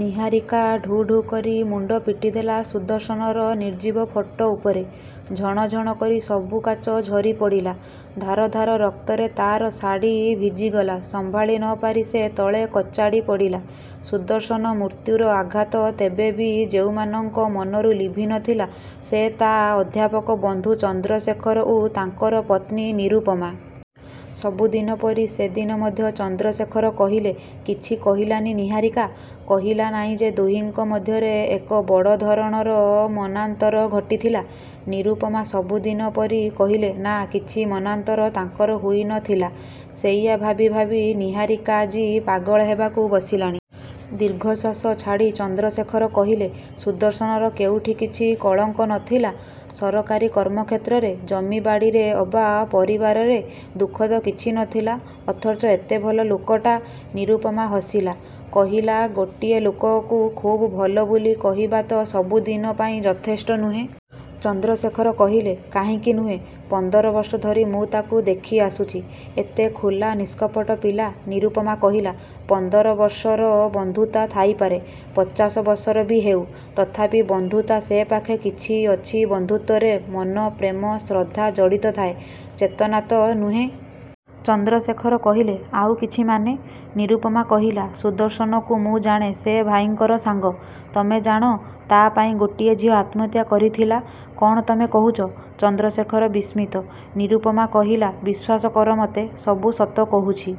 ନିହାରିକା ଢୁ ଢୁ କରି ମୁଣ୍ଡ ପିଟିଦେଲା ସୁଦର୍ଶନର ନିର୍ଜୀବ ଫଟୋ ଉପରେ। ଝଣ ଝଣ କରି ସବୁ କାଚ ଝରିପଡ଼ିଲା। ଧାର ଧାର ରକ୍ତରେ ତାର ଶାଢ଼ି ଭିଜିଗଲା, ସମ୍ଭାଳି ନ ପାରି ସେ ତଳେ କଚାଡ଼ି ପଡ଼ିଲା। ସୁଦର୍ଶନ ମୃତ୍ୟୁର ଆଘାତ ତେବେ ବି ଯେଉଁମାନଙ୍କ ମନରୁ ଲିଭି ନ ଥିଲା, ସେ ତାର ଅଧ୍ୟାପକ ବନ୍ଧୁ ଚନ୍ଦ୍ରଶେଖର ଓ ତାଙ୍କର ପତ୍ନୀ ନିରୁପମା। ସବୁ ଦିନ ପରି ସେଦିନ ମଧ୍ୟ ଚନ୍ଦ୍ରଶେଖର କହିଲେ, "କିଛି କହିଲାନି ନିହାରିକା? କହିଲା ନାଇଁ ଯେ ଦୁହିଁଙ୍କ ମଧ୍ୟରେ ଏକ ବଡ଼ ଧରଣର ମନାନ୍ତର ଘଟିଥିଲା?" ନିରୁପମା ସବୁଦିନ ପରି କହିଲେ, "ନାଁ, କିଛି ମନାନ୍ତର ତାଙ୍କର ହୋଇ ନ ଥିଲା। ସେଇଆ ଭାବି ଭାବି ନିହାରିକା ଆଜି ପାଗଳ ହେବାକୁ ବସିଲାଣି।" ଦୀର୍ଘଶ୍ଵାସ ଛାଡ଼ି ଚନ୍ଦ୍ରଶେଖର କହିଲେ, "ସୁଦର୍ଶନର କେଉଁଠି କିଛି କଳଙ୍କ ନ ଥିଲା। ସରକାରୀ କର୍ମକ୍ଷେତ୍ରରେ, ଜମିବାଡ଼ିରେ ଅବା ପରିବାରରେ, ଦୁଃଖ ତ କିଛି ନ ଥିଲା, ଅଥଚ ଏତେ ଭଲ ଲୋକଟା" ନିରୁପମା ହସିଲା। କହିଲା, "ଗୋଟିଏ ଲୋକକୁ ଖୁବ୍ ଭଲ ବୋଲି କହିବା ତ ସବୁ ଦିନ ପାଇଁ ଯଥେଷ୍ଟ ନୁହେଁ।" ଚନ୍ଦ୍ରଶେଖର କହିଲେ, "କାହିଁକି ନୁହେଁ? ପନ୍ଦର ବର୍ଷ ଧରି ମୁଁ ତାକୁ ଦେଖିଆସୁଚି। ଏତେ ଖୋଲା ନିଷ୍କପଟ ପିଲା"ନିରୁପମା କହିଲା, "ପନ୍ଦର ବର୍ଷର ବନ୍ଧୁତା ଥାଇପାରେ। ପଚାଶ ବର୍ଷର ବି ହେଉ, ତଥାପି ବନ୍ଧୁତା ସେ ପାଖେ କିଛି ଅଛି ବନ୍ଧୁତ୍ୱରେ ମନ, ପ୍ରେମ, ଶ୍ରଦ୍ଧା ଜଡ଼ିତ ଥାଏ, ଚେତନା ତ ନୁହେଁ।" ଚନ୍ଦ୍ରଶେଖର କହିଲେ, "ଆଉ କିଛି ମାନେ?" ନିରୁପମା କହିଲା, "ସୁଦର୍ଶନକୁ ମୁଁ ଜାଣେ ସେ ଭାଇଙ୍କର ସାଙ୍ଗ। ତମେ ଜାଣ, ତା ପାଇଁ ଗୋଟାଏ ଝିଅ ଆତ୍ମହତ୍ୟା କରିଥିଲା?" "କ'ଣ ତମେ କହୁଚ?" ଚନ୍ଦ୍ରଶେଖର ବିସ୍ମିତ। ନିରୁପମା କହିଲା, "ବିଶ୍ଵାସ କର ମତେ, ସବୁ ସତ କହୁଚି।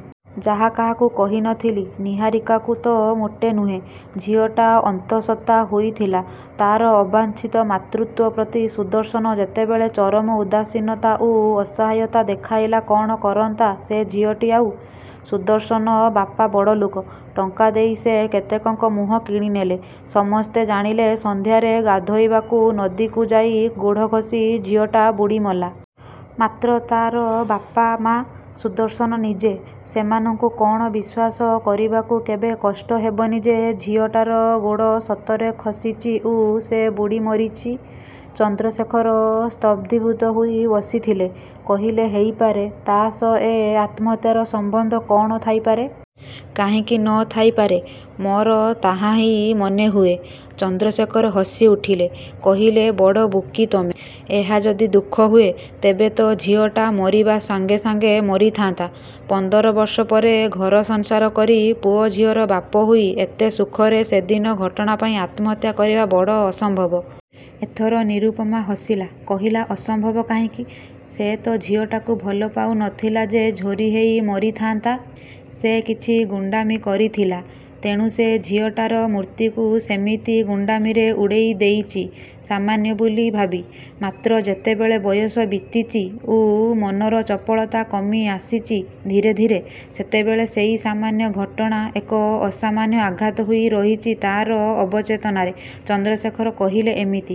ଯାହା କାହାକୁ କହି ନ ଥିଲି, ନିହାରିକାକୁ ତ ମୋଟେ ନୁହେଁ। ଝିଅଟା ଅନ୍ତଃସତ୍ତ୍ଵା ହୋଇଥିଲା। ତାର ଅବାଞ୍ଛିତ ମାତୃତ୍ଵ ପ୍ରତି ସୁଦର୍ଶନ ଯେତେବେଳେ ଚରମ ଉଦାସୀନତା ଓ ଅସହାୟତା ଦେଖାଇଲା କ'ଣ କରନ୍ତା ସେ ଝିଅଟି ଆଉ? ସୁଦର୍ଶନର ବାପା ବଡ଼ଲୋକ, ଟଙ୍କା ଦେଇ ସେ କେତେକଙ୍କ ମୁହଁ କିଣିନେଲେ, ସମସ୍ତେ ଜାଣିଲେ ସନ୍ଧ୍ୟାରେ ଗାଧୋଇବାକୁ ନଦୀକୁ ଯାଇ ଗୋଡ଼ ଖସି ଝିଅଟା ବୁଡ଼ିମଲା। ମାତ୍ର ତାର ବାପା, ମା? ସୁଦର୍ଶନ ନିଜେ? ସେମାନଙ୍କୁ କ'ଣ ବିଶ୍ୱାସ କରିବାକୁ କେବେ କଷ୍ଟ ହେବ ନି ଯେ ଝିଅଟାର ଗୋଡ଼ ସତରେ ଖସିଚି ଓ ସେ ବୁଡ଼ି ମରିଚି?" ଚନ୍ଦ୍ରଶେଖର ସ୍ତମ୍ଭୀଭୂତ ହୋଇ ବସିଥିଲେ। କହିଲେ, "ହେଇପାରେ, ତା' ସହ ଏ ଆତ୍ମହତ୍ୟାର ସମ୍ବନ୍ଧ କ'ଣ ଥାଇପାରେ?" "କାହିଁକି ନ ଥାଇପାରେ? ମୋର ତାହାହିଁ ମନେହୁଏ।" ଚନ୍ଦ୍ରଶେଖର ହସିଉଠିଲେ। କହିଲେ, "ବଡ଼ ବୋକି ତମେ! ଏହା ଯଦି ଦୁଃଖ ହୁଏ, ତେବେ ତ ଝିଅଟା ମରିବା ସାଙ୍ଗେ ସାଙ୍ଗେ ମରିଥାନ୍ତା। ପନ୍ଦର ବର୍ଷ ପରେ, ଘରସଂସାର କରି, ପୁଅଝିଅର ବାପ ହୋଇ, ଏତେ ସୁଖରେ, ସେଦିନର ଘଟଣା ପାଇଁ ଆତ୍ମହତ୍ୟା କରିବା ବଡ଼ ଅସମ୍ଭବ!" ଏଥର ନିରୁପମା ହସିଲା, କହିଲା, "ଅସମ୍ଭବ କାହିଁକି? ସେ ତ ଝିଅଟାକୁ ଭଲପାଉ ନ ଥିଲା ଯେ ଝୁରି ହେଇ ମରିଥାନ୍ତା! ସେ କିଛି ଗୁଣ୍ଡାମି କରିଥିଲା। ତେଣୁ ସେ ଝିଅଟାର ମୃତ୍ୟୁକୁ ସେମିତି ଗୁଣ୍ଡାମିରେ ଉଡ଼େଇ ଦେଇଚି, ସାମାନ୍ୟ ବୋଲି ଭାବି। ମାତ୍ର ଯେତେବେଳେ ବୟସ ବିତିଚି ଓ ମନର ଚପଳତା କମି ଆସିଚି ଧୀରେ ଧୀରେ, ସେତେବେଳେ ସେଇ ସାମାନ୍ୟ ଘଟଣା, ଏକ ଅସାମାନ୍ୟ ଆଘାତ ହୋଇ ରହିଚି ତାର ଅବଚେତନରେ।"ଚନ୍ଦ୍ରଶେଖର କହିଲେ, "ଏମିତି."